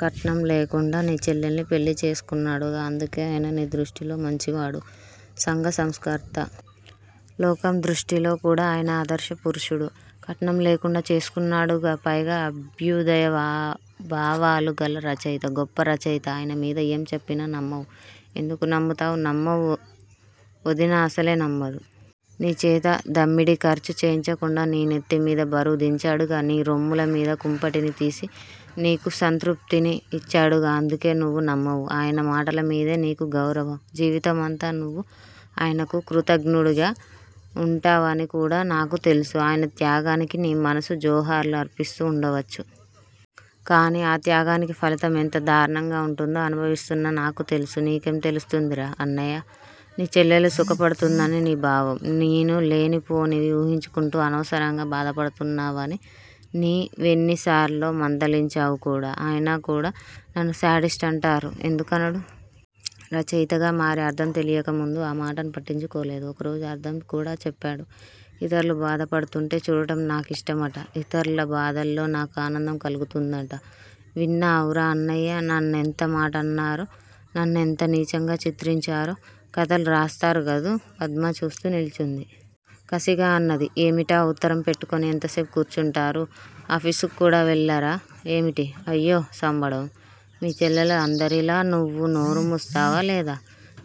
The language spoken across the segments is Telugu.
'కట్నం లేకుండా నీ చెల్లెల్నిపెళ్ళిచేసుకున్నాడుగా! అందుకే ఆయన నీ దృష్టిలో మంచివాడు. సంఘ సంస్కర్త. లోకం దృష్టిలో కూడా ఆయన ఆదర్శపురుషుడు. కట్నం లేకుండా చేసుకున్నాడుగా? పైగా అభ్య్దయభావాలుగల రచయిత! గొప్ప రచయిత. ఆయన మీద ఏం చెప్పినా నమ్మవు. ఎందుకు నమ్ముతావు? నమ్మవు. వదిన అసలే నమ్మదు. నీచేత దమ్మిడీ ఖర్చు చేయించకుండా నీ నెత్తిమీద బరువు దించాడుగా? నీ రొమ్ములమీద కుంపటిని తీసి నీకు సంతృప్తిని ఇచ్చాడుగా? అందుకే నువ్వు నమ్మవు. ఆయన మాటలమీదే నీకు గౌరవం! జీవితమంతా నువ్వు ఆయనకు కృతజ్ఞుడిగా వుంటావనికూడా నాకు తెలుసు. ఆయన త్యాగానికి నీ మనసు జోహార్లు అర్పిస్తూ వుండవచ్చు! కాని ఆ త్యాగానికి ఫలితం ఎంత దారుణంగా వుంటుందో అనుభవిస్తున్న నాకు తెలుసు. నీకేం తెలుస్తుందిరా అన్నయ్యా? నీ చెల్లెలు సుఖపడుతుందని నీ భావం. నేను లేనిపోనివి ఊహించుకుంటూ అనవసరంగా బాధపడుతున్నావని నీ వేన్నిసార్లో మందలించావు కూడా. ఆయన కూడా నన్ను 'శాడిస్టు' అంటారు! ఎందుకనడూ? రచయితగా మరి? అర్థం తెలియక ముందు ఆ మాటను పట్టించుకోలేదు. ఒకరోజు అర్థం కూడా చెప్పాడు. ఇతరులు బాధపడుతుంటే చూడటం నా కిష్టమట. ఇతర్ల బాధల్లో నాకు ఆనందం కలుగుతుందట! విన్నావురా అన్నయ్య? నన్ను ఎంతమాటన్నారో? నన్ను ఎంత నీచంగా చిత్రించారో! కథలు రాస్తారుగదూ! పద్మ చూస్తూ నిల్చుంది. కసిగా అన్నది- ఏమిటా ఉత్తరం పెట్టుకొని ఎంతసేపు కూర్చుంటారు? ఆఫీసుక్కూడా వెళ్ళారా ఏమిటి? అయ్యో సంబడం! మీ చెల్లెలు అందరిలా నువ్వు నోరు మూస్తావా లేదా?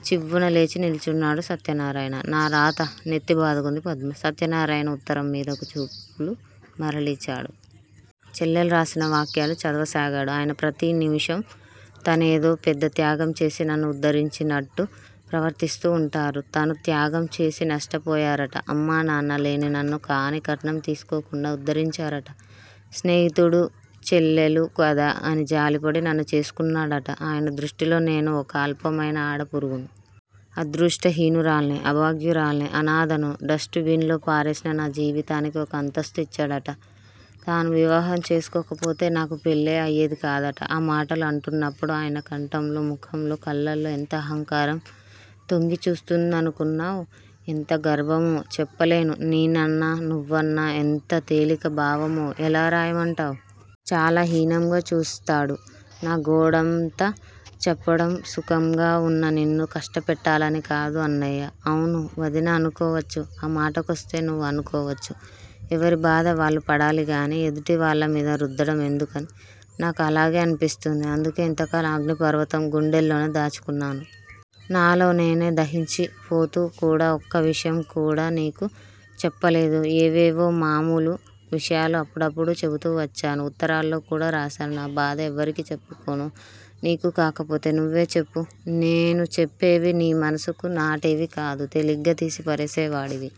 చివ్వున లేచి నిల్చున్నాడు సత్యనారాయణ. నా రాత! నెత్తి బాదుకుంది పద్మ. సత్యనారాయణ ఉత్తరం మీదకు చూపులు మరలిచాడు. చెల్లెలు రాసిన వాక్యాలు చదవసాగాడు. ఆయన ప్రతి నిముషం తనేదో పెద్ద త్యాగంచేసి నన్ను ఉద్ధరించినట్టు ప్రవర్తిస్తూ వుంటారు! తాను త్యాగంచేసి నష్టపోయారట. అమ్మా నాన్నా లేని నన్ను కానీ కట్నం తీసుకోకుండా ఉద్దరించారట. స్నేహితుడి చెల్లెలు కదా అని జాలిపడి నన్ను చేసుకున్నాడట! ఆయన దృష్టిలో నేను ఒక అల్పమైన ఆడపురుగును! అదృష్టహీనురాల్ని! అభాగ్యురాల్ని! అనాథను! డస్టుబిన్ లో పారేసిన నా జీవితానికి ఒక అంతస్తు ఇచ్చాడట. తాను వివాహం చేసుకోకపోతే నాకు పెళ్ళే అయేది కాదట! ఆ మాటలు అంటున్నప్పుడు ఆయన కంఠంలో, ముఖంలో, కళ్ళల్లో ఎంత అహంకారం తొంగి చూస్తుందనుకున్నావు? ఎంత గర్వమో చెప్పలేను. నేనన్నా, నువ్వన్నా ఎంత తేలిక భావమో ఎలా రాయమంటావు? చాలా హీనంగా చూస్తాడు. నా గోడంతా చెప్పడం సుఖంగా వున్న నిన్ను కష్టపెట్టాలని కాదు అన్నయ్యా! అవును! వదిన అనుకోవచ్చు! ఆ మాటకొస్తే నువ్వు అనుకోవచ్చు! ఎవరి బాధ వాళ్ళు పడాలిగాని ఎదుటివాళ్ళ మీద రుద్దడం ఎందుకని? నాకూ అలాగే అనిపిస్తుంది. అందుకే ఇంతకాలం అగ్ని పర్వతం గుండెల్లోనే దాచుకున్నాను. నాలో నేనే దహించిపోతూ కూడా ఒక్క విషయం కూడా నీకు చెప్పలేదు. ఏవేవో మామూలు విషయాలు అప్పుడప్పుడూ చెబుతూ వచ్చాను. ఉత్తరాల్లో కూడా రాశాను. నా బాధ ఎవరికి చెప్పుకోను నీకు కాకపోతే? నువ్వే చెప్పు! నేను చెప్పేవి నీ మనసుకు నాటేవి కాదు. తేలిగ్గా తీసి పారేసేవాడివి!